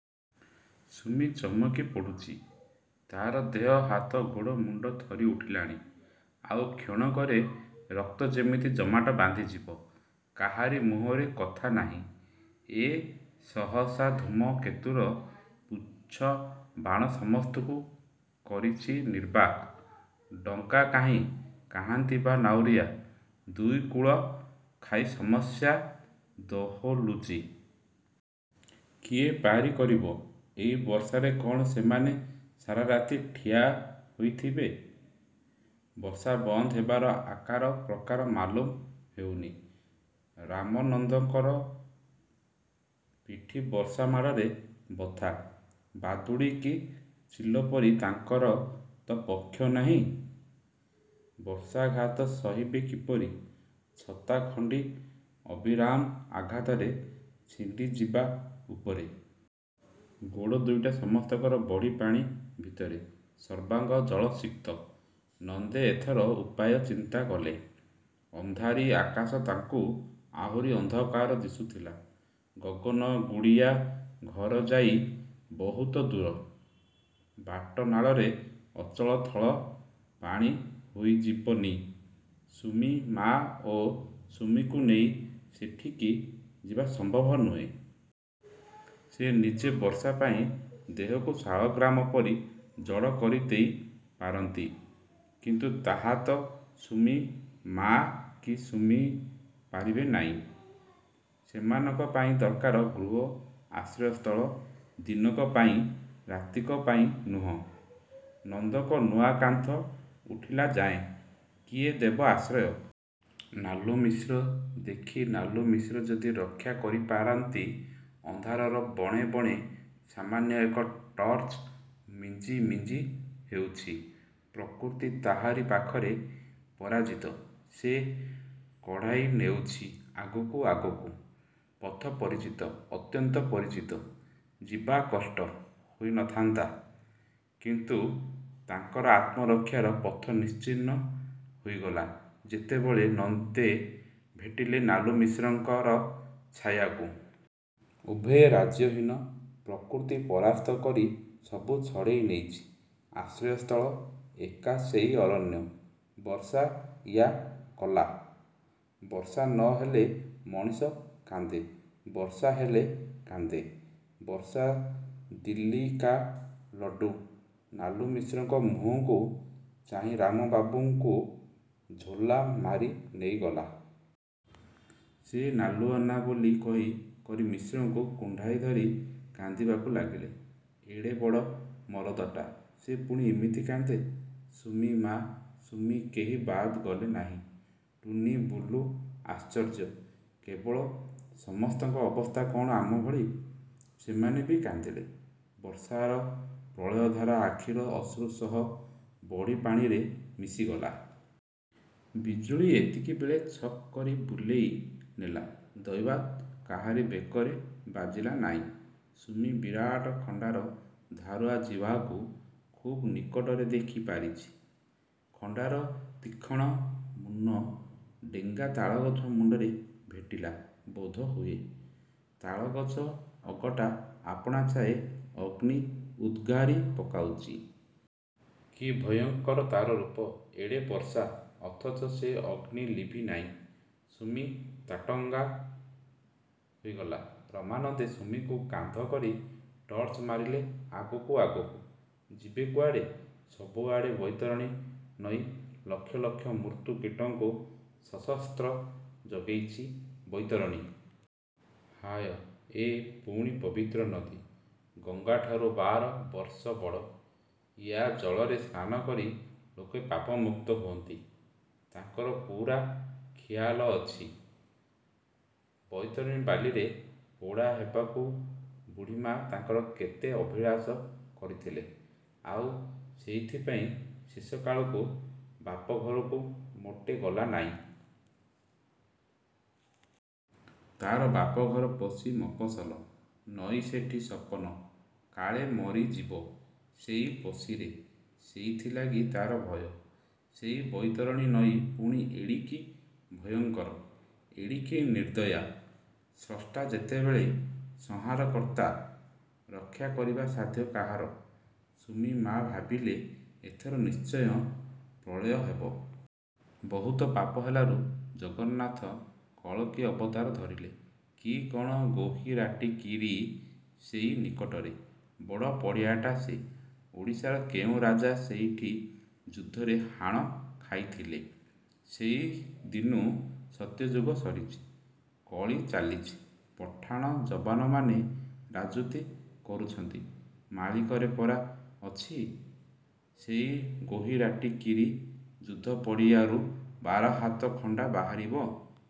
ସୁମି। ଚମକି ପଡ଼ୁଚି। ତା'ର ଦେହ ହାତ ଗୋଡ଼ ମୁଣ୍ଡ ଥରି ଉଠିଲାଣି। ଆଉ କ୍ଷଣକରେ ରକ୍ତ ଯେମିତି ଜମାଟ ବାନ୍ଧିଯିବ। କାହାରି ମୁହଁରେ କଥା ନାହିଁ। ଏ ସହସା ଧୂମକେତୁର ପୁଚ୍ଛ-ବାଣ ସମସ୍ତଙ୍କୁ କରିଛି ନିର୍ବାକ। ଡଙ୍ଗା କାହିଁ? କାହାନ୍ତି ବା ନାଉରିଆ? ଦୁଇ କୂଳ ଖାଇ ସମସ୍ୟା ଦୋହଲୁଚି। କିଏ ପାରି କରିବ? ଏଇ ବର୍ଷାରେ କ'ଣ ସେମାନେ ସାରାରାତି ଠିଆ ହୋଇଥିବେ। ବର୍ଷା ବନ୍ଦ ହେବାର ଆକାର ପ୍ରକାର ମାଲୁମ ହେଉନି। ରାମନନ୍ଦଙ୍କର ପିଠି ବର୍ଷା ମାଡ଼ରେ ବଥା। ବାଦୁଡ଼ି କି ଚିଲପରି ତାଙ୍କର ତ ପକ୍ଷ ନାହିଁ; ବର୍ଷାଘାତ ସହିବେ କିପରି? ଛତା ଖଣ୍ଡି ଅବିରାମ ଆଘାତରେ ଛିଣ୍ଡିଯିବା ଉପରେ। ଗୋଡ଼ ଦୁଇଟା ସମସ୍ତଙ୍କର ବଢ଼ିପାଣି ଭିତରେ। ସର୍ବାଙ୍ଗ ଜଳସିକ୍ତ। ନନ୍ଦେ ଏଥର ଉପାୟ ଚିନ୍ତା କଲେ–ଅନ୍ଧାରି ଆକାଶ ତାଙ୍କୁ ଆହୁରି ଅନ୍ଧକାର ଦିଶୁଥିଲା-। ଗଗନ ଗୁଡ଼ିଆ ଘର ଯାଇଁ ବହୁତ ଦୂର। ବାଟ ନାଳରେ ଅଚଳ ଥଳ ପାଣି ହୋଇଯିବନି। ସୁମି-ମା ଓ ସୁମିକୁ ନେଇ ସେଠିକି ଯିବା ସମ୍ଭବ ନୁହେଁ। ସେ ନିଜେ ବର୍ଷା ପାଇଁ ଦେହକୁ ଶାଳଗ୍ରାମ ପରି ଜଡ଼ କରି ଦେଇ ପାରନ୍ତି, କିନ୍ତୁ ତାହା ତ ସୁମି-ମା କି ସୁମି ପାରିବେ ନାଇଁ-। ସେମାନଙ୍କ ପାଇଁ ଦର୍କାର ଗୃହ, ଆଶ୍ରୟସ୍ଥଳ। ଦିନକ ପାଇଁ ରାତିକ ପାଇଁ ନୁହଁ–ନନ୍ଦଙ୍କ ନୂଆ କାନ୍ଥ ଉଠିଲାଯାଏଁ। କିଏ ଦେବ ଆଶ୍ରୟ? ନାଲୁମିଶ୍ର? ଦେଖି, ନାଲୁମିଶ୍ର ଯଦି ରକ୍ଷା କରିପାରନ୍ତି-। ଅନ୍ଧାରର ବଣେ ବଣେ ସାମାନ୍ୟ ଏକ ଟର୍ଚ୍ଚ ମିଞ୍ଜି ମିଞ୍ଜି ହେଉଛି। ପ୍ରକୃତି ତାହାରି ପାଖରେ ପରାଜିତ। ସେ କଢ଼ାଇନେଉଛି ଆଗକୁ, ଆଗକୁ। ପଥ ପରିଚିତ, ଅତ୍ୟନ୍ତ ପରିଚିତ–ଯିବା କଷ୍ଟ ହୋଇ ନ ଥାନ୍ତା କିନ୍ତୁ, ତାଙ୍କର ଆତ୍ମରକ୍ଷାର ପଥ ନିଶ୍ଚିହ୍ନ ହୋଇଗଲା ଯେତେବେଳେ ନନ୍ଦେ ଭେଟିଲେ ନାଲୁମିଶ୍ରଙ୍କର ଛାୟାକୁ। ଉଭୟେ ରାଜ୍ୟହୀନ; ପ୍ରକୃତି ପରାସ୍ତ କରି ସବୁ ଛଡ଼େଇ ନେଇଚି। ଆଶ୍ରୟସ୍ଥଳ ଏକା ସେଇ ଅରଣ୍ୟ। ବର୍ଷା ୟା' କଲା। ବର୍ଷା ନ ହେଲେ ମଣିଷ କାନ୍ଦେ ବର୍ଷା ହେଲେ କାନ୍ଦେ। ବର୍ଷା ଦିଲ୍ଲିୀକା ଲଡ଼୍ଡ଼ୁ। ନାଲୁମିଶ୍ରଙ୍କ ମୁହଁକୁ ଚାହିଁ ରାମବାବୁଙ୍କୁ ଝୋଲା ମାରି ନେଇଗଲା। ସେ 'ନାଲୁଆନା' ବୋଲି କହି କରି ମିଶ୍ରଙ୍କୁ କୁଣ୍ଢାଇ ଧରି କାନ୍ଦିବାକୁ ଲାଗିଲେ। ଏଡ଼େ ବଡ଼ ମରଦଟା, ସେ ପୁଣି ଏମିତି କାନ୍ଦେ। ସୁମି-ମା, ସୁମି କେହି ବାଦ୍ ଗଲେ ନାହିଁ; ଟୁନୀ ବୁଲୁ ଆଶ୍ଚର୍ଯ୍ୟ, କେବଳ–ସମସ୍ତଙ୍କ ଅବସ୍ଥା କ'ଣ ଆମ ଭଳି। ସେମାନେ ବି କାନ୍ଦିଲେ–ବର୍ଷାର ପ୍ରଳୟଧାରା ଆଖିର ଅଶ୍ରୁ ସହ ବଢ଼ିପାଣିରେ ମିଶିଗଲା। ବିଜୁଳି ଏତିକିବେଳେ ଛକ୍ କରି ବୁଲେଇ ନେଲା ଦୈବାତ୍ କାହାରି ବେକରେ ବାଜିଲା ନାଇଁ। ସୁମି ବିରାଟ ଖଣ୍ଡାର ଧାରୁଆ ଜିହ୍ୱାକୁ ଖୁବ୍ ନିକଟରେ ଦେଖି ପାରିଛି। ଖଣ୍ଡାର ତୀକ୍ଷ୍ଣ ମୁନ ଡେଙ୍ଗା ତାଳଗଛ ମୁଣ୍ଡରେ ଭେଟିଲା ବୋଧହୁଏ। ତାଳଗଛ ଅଗଟା ଆପଣାଛାଏଁ ଅଗ୍ନି ଉଦ୍ଗାରି ପକାଉଚି। କି ଭୟଙ୍କର ତା'ର ରୂପ। ଏଡ଼େ ବର୍ଷା, ଅଥଚ ସେ ଅଗ୍ନି ଲିଭି ନାଇଁ। ସୁମି ତାଟଙ୍ଗା ହୋଇଗଲା। ରାମାନନ୍ଦେ ସୁମିକୁ କାନ୍ଧ କରି ଟର୍ଚ୍ଚ ମାରିଲେ ଆଗକୁ–ଆଗକୁ। ଯିବେ କୁଆଡ଼େ? ସବୁଆଡ଼େ ବୈତରଣୀ ନଈ ଲକ୍ଷ ଲକ୍ଷ ମୃତ୍ୟୁ କୀଟଙ୍କୁ ସଶସ୍ତ୍ର ଜଗେଇଚି। ବୈତରଣୀ!! ହାୟ। ୟେ' ପୁଣି ପବିତ୍ର ନଦୀ। ଗଙ୍ଗାଠାରୁ ବାର ବର୍ଷ ବଡ଼। ୟା' ଜଳରେ ସ୍ନାନ କରି ଲୋକେ ପାପ ମୁକ୍ତ ହୁଅନ୍ତି। ତାଙ୍କର ପୂରା ଖିଆଲ ଅଛି–ବୈତରଣୀ ବାଲିରେ ପୋଡ଼ା ହେବାକୁ ବୁଢ଼ୀମା ତାଙ୍କର କେତେ ଅଭିଳାଷ କରିଥିଲେ। ଆଉ ସେଇଥିପାଇଁ ଶେଷକାଳକୁ ବାପଘରକୁ ମୋଟେ ଗଲାନାଇଁ। ତାର ବାପଘର ପଶି, ମପସଲ। ନଈ ସେଠି ସପନ। କାଳେ ମରିଯିବ ସେଇ ପଶିରେ–ସେଇଥିଲାଗି ତାର ଭୟ। ସେଇ ବୈତରଣୀ ନଈ ପୁଣି ଏଡ଼ିକି ଭୟଙ୍କର, ଏଡ଼ିକି ନିର୍ଦ୍ଦୟା! ସ୍ରଷ୍ଟା ଯେତେବେଳେ ସଂହାରକର୍ତ୍ତା, ରକ୍ଷା କରିବା ସାଧ୍ୟ କାହାର? ସୁମି-ମା ଭାବିଲେ–ଏଥର ନିଶ୍ଚୟ ପ୍ରଳୟ ହେବ। ବହୁତ ପାପ ହେଲାରୁ ଜଗନ୍ନାଥ କଳକି ଅବତାର ଧରିଲେ କି କଣ ଗୋହିରାଟିକିରୀ ସେଇ ନିକଟରେ। ବଡ଼ ପଡ଼ିଆଟା ସେ। ଓଡ଼ିଶାର କେଉଁ ରାଜା ସେଇଠି ଯୁଦ୍ଧରେ ହାଣ ଖାଇଥିଲେ। ସେଇଦିନୁ ସତ୍ୟଯୁଗ ସରିଚି। କଳି ଚାଲିଚି। ପଠାଣ, ଯବନମାନେ ରାଜୁତି କରୁଛନ୍ତି। ମାଳିକାରେ ପରା ଅଛି–ସେଇ ଗୋହିରାଟିକିରୀ ଯୁଦ୍ଧ ପଡ଼ିଆରୁ ବାରହାତ ଖଣ୍ଡା ବାହାରିବ।